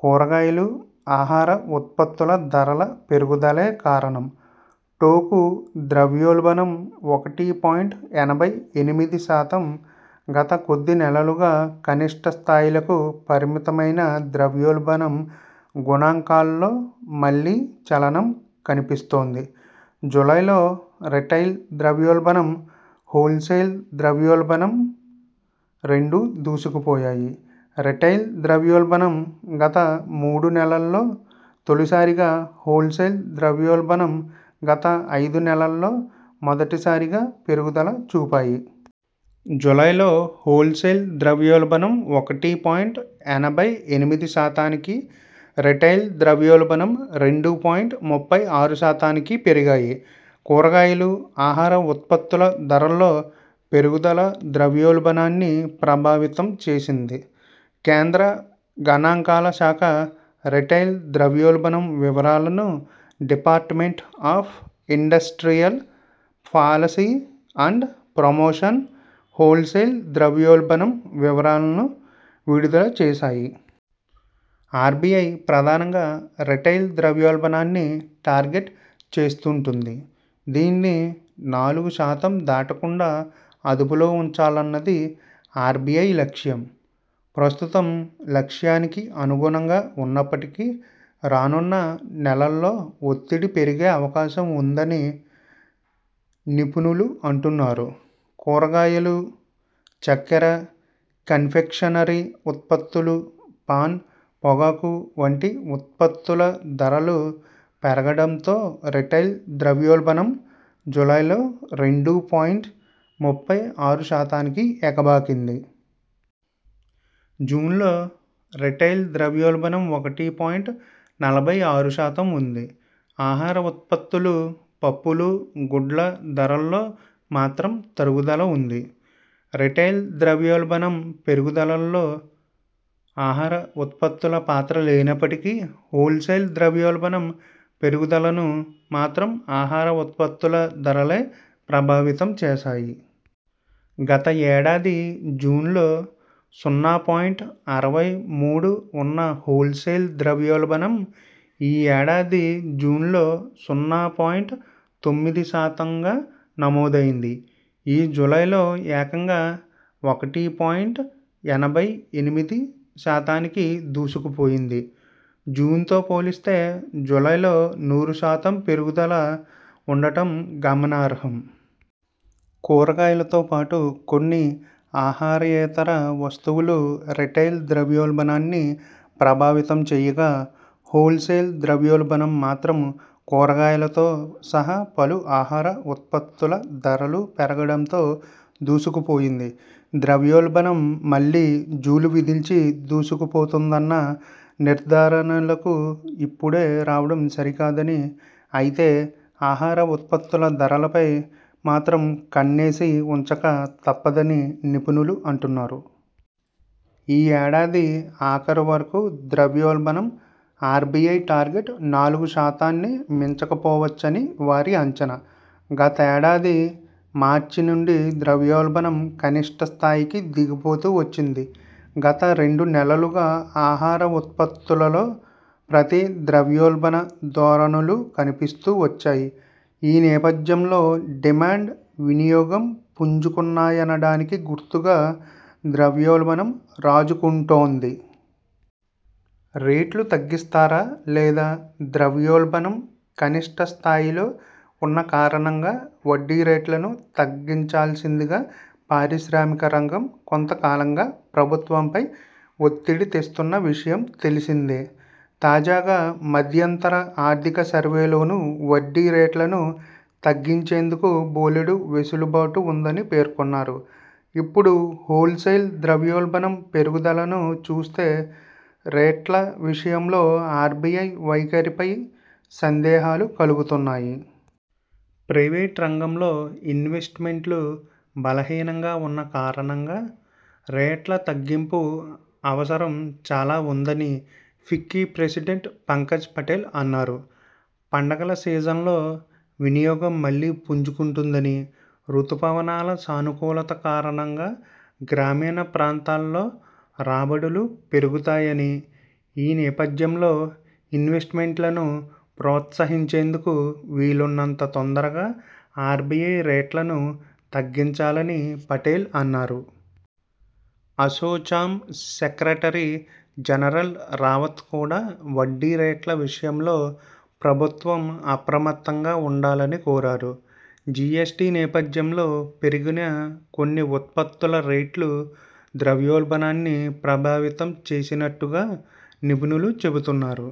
కూరగాయలు, ఆహార ఉత్పత్తుల ధరల పెరుగుదలే కారణం. టోకు ద్రవ్యోల్బణం ఒకటి పాయింట్ ఎనభై ఎనిమిది శాతం గత కొద్ది నెలలుగా కనిష్ట స్థాయిలకు పరిమితమైన ద్రవ్యోల్బణం గణాంకాల్లో మళ్లీ చలనం కనిపిస్తోంది. జూలైలో రిటైల్ ద్రవ్యోల్బణం, హోల్సేల్ ద్రవ్యోల్బణం రెండూ దూసుకుపోయాయి. రిటైల్ ద్రవ్యోల్బణం గత మూడునెలల్లో తొలిసారిగా, హోల్సేల్ ద్రవ్యోల్బణం గత ఐదు నెలల్లో మొదటిసారిగా పెరుగుదల చూపాయి. జూలైలో హోల్సేల్ ద్రవ్యోల్బణం ఒకటి పాయింట్ ఎనభై ఎనిమిది శాతానికి, రిటైల్ ద్రవ్యోల్బణం రెండు పాయింట్ ముప్పై ఆరు శాతానికి పెరిగాయి. కూరగాయలు, ఆహార ఉత్పత్తుల ధరల్లో పెరుగుదల ద్రవ్యోల్బణాన్ని ప్రభావితం చేసింది. కేంద్ర గణాంకాల శాఖ రిటైల్ ద్రవ్యోల్బణం వివరాలను, Department of Industrial Policy and Promotion wholesale ద్రవ్యోల్బణం వివరాలను విడుదల చేశాయి. ఆర్బిఐ ప్రధానంగా రిటైల్ ద్రవ్యోల్బణాన్ని టార్గెట్ చేస్తుంటుంది. దీనిని నాలుగు శాతం దాటకుండా అదుపులో ఉంచాలన్నది ఆర్బిఐ లక్ష్యం. ప్రస్తుతం లక్ష్యానికి అనుగుణంగా ఉన్నప్పటికీ రానున్న నెలల్లో ఒత్తిడి పెరిగే అవకాశం ఉందని నిపుణులు అంటున్నారు. కూరగాయలు, చక్కెర, కన్ఫెక్షనరీ ఉత్పత్తులు, పాన్, పొగాకు వంటి ఉత్పత్తుల ధరలు పెరుగడంతో రిటైల్ ద్రవ్యోల్బణం జూలైలో రెండు పాయింట్ ముప్పై ఆరు శాతానికి ఎగబాకింది. జూన్లో రిటైల్ ద్రవ్యోల్బణం ఒకటి పాయింట్ నలభై ఆరు శాతం ఉంది. ఆహార ఉత్పత్తులు, పప్పులు, గుడ్ల ధరల్లో మాత్రం తరుగుదల ఉంది. రిటైల్ ద్రవ్యోల్బణం పెరుగుదలలో ఆహార ఉత్పత్తుల పాత్ర లేనప్పటికీ హోల్సేల్ ద్రవ్యోల్బణం పెరుగుదలను మాత్రం ఆహార ఉత్పత్తుల ధరలే ప్రభావితం చేశాయి. గత ఏడాది జూన్లో సున్నా పాయింట్ అరవై మూడు ఉన్న హోల్ సేల్ ద్రవ్యోల్బణం ఈ ఏడాది జూన్లో సున్నా పాయింట్ తొమ్మిది శాతంగా నమోదైంది. ఈ జూలైలో ఏకంగా ఒకటి పాయింట్ ఎనభై ఎనిమిది శాతానికి దూసుకుపోయింది. జూన్తో పోలిస్తే జూలైలో నూరు శాతం పెరుగుదల ఉండటం గమనార్హం. కూరగాయలతో పాటు కొన్ని ఆహారయేతర వస్తువులు రిటైల్ ద్రవ్యోల్బణాన్ని ప్రభావితం చేయగా, హోల్సేల్ ద్రవ్యోల్బణం మాత్రం కూరగాయలతో సహా పలు ఆహార ఉత్పత్తుల ధరలు పెరగడంతో దూసుకుపోయింది. ద్రవ్యోల్బణం మళ్లీ జూలు విదిల్చి దూసుకుపోతుందన్న నిర్ధారణలకు ఇప్పుడే రావడం సరికాదని, అయితే ఆహార ఉత్పత్తుల ధరలపై మాత్రం కన్నేసి ఉంచక తప్పదని నిపుణులు అంటున్నారు. ఈ ఏడాది ఆఖరు వరకు ద్రవ్యోల్బణం ఆర్బిఐ టార్గెట్ నాలుగు శాతాన్ని మించకపోవచ్చని వారి అంచనా. గతేడాది మార్చి నుంచి ద్రవ్యోల్బణం కనిష్ఠ స్థాయికి దిగిపోతూ వచ్చింది. గత రెండు నెలలుగా ఆహార ఉత్పత్తుల్లో ప్రతి ద్రవ్యోల్బణ ధోరణులు కనిపిస్తూ వచ్చాయి. ఈ నేపధ్యంలో డిమాండ్, వినియోగం పుంజుకున్నాయనడానికి గుర్తుగా ద్రవ్యోల్బణం రాజుకుంటోంది. రేట్లు తగ్గిస్తారా లేదా? ద్రవ్యోల్బణం కనిష్ఠ స్థాయిల్లో ఉన్న కారణంగా వడ్డీ రేట్లను తగ్గించాల్సిందిగా పారిశ్రామిక రంగం కొంతకాలంగా ప్రభుత్వంపై ఒత్తిడి తెస్తున్న విషయం తెలిసిందే. తాజాగా మధ్యంతర ఆర్థిక సర్వేలోనూ వడ్డీ రేట్లను తగ్గించేందుకు బోలెడు వెసులుబాటు ఉందని పేర్కొన్నారు. ఇప్పుడు హోల్సేల్ ద్రవ్యోల్బణం పెరుగుదలను చూస్తే రేట్ల విషయంలో ఆర్బిఐ వైఖరిపై సందేహాలు కలుగుతున్నాయి. ప్రైవేట్ రంగంలో ఇన్వెస్ట్ మెంట్లు బలహీనంగా ఉన్న కారణంగా రేట్ల తగ్గింపు అవసరం చాలా ఉందనీ ఫిక్కీ ప్రెసిడెంట్ పంకజ్ పటేల్ అన్నారు. పండగల సీజన్లో వినియోగం మళ్లీ పుంజుకుంటుందని, రుతుపవనాల సానుకూలత కారణంగా గ్రామీణ ప్రాంతాల్లో రాబడులు పెరుగుతాయని ఈ నేపథ్యంలో ఇన్వెస్ట్ మెంట్లను ప్రోత్సహించేందుకు వీలున్నంత తొందరగా ఆర్బిఐ రేట్లను తగ్గించాలని పటేల్ అన్నారు. అసోచామ్ సెక్రటరీ జనరల్ రావత్ కూడా వడ్డీ రేట్ల విషయంలో ప్రభుత్వం అప్రమత్తంగా ఉండాలని కోరారు. జిఎ్సటి నేపథ్యంలో పెరిగిన కొన్ని ఉత్పత్తుల రేట్లు ద్రవ్యోల్బణాన్ని ప్రభావితం చేసినట్టుగా నిపుణులు చెబుతున్నారు.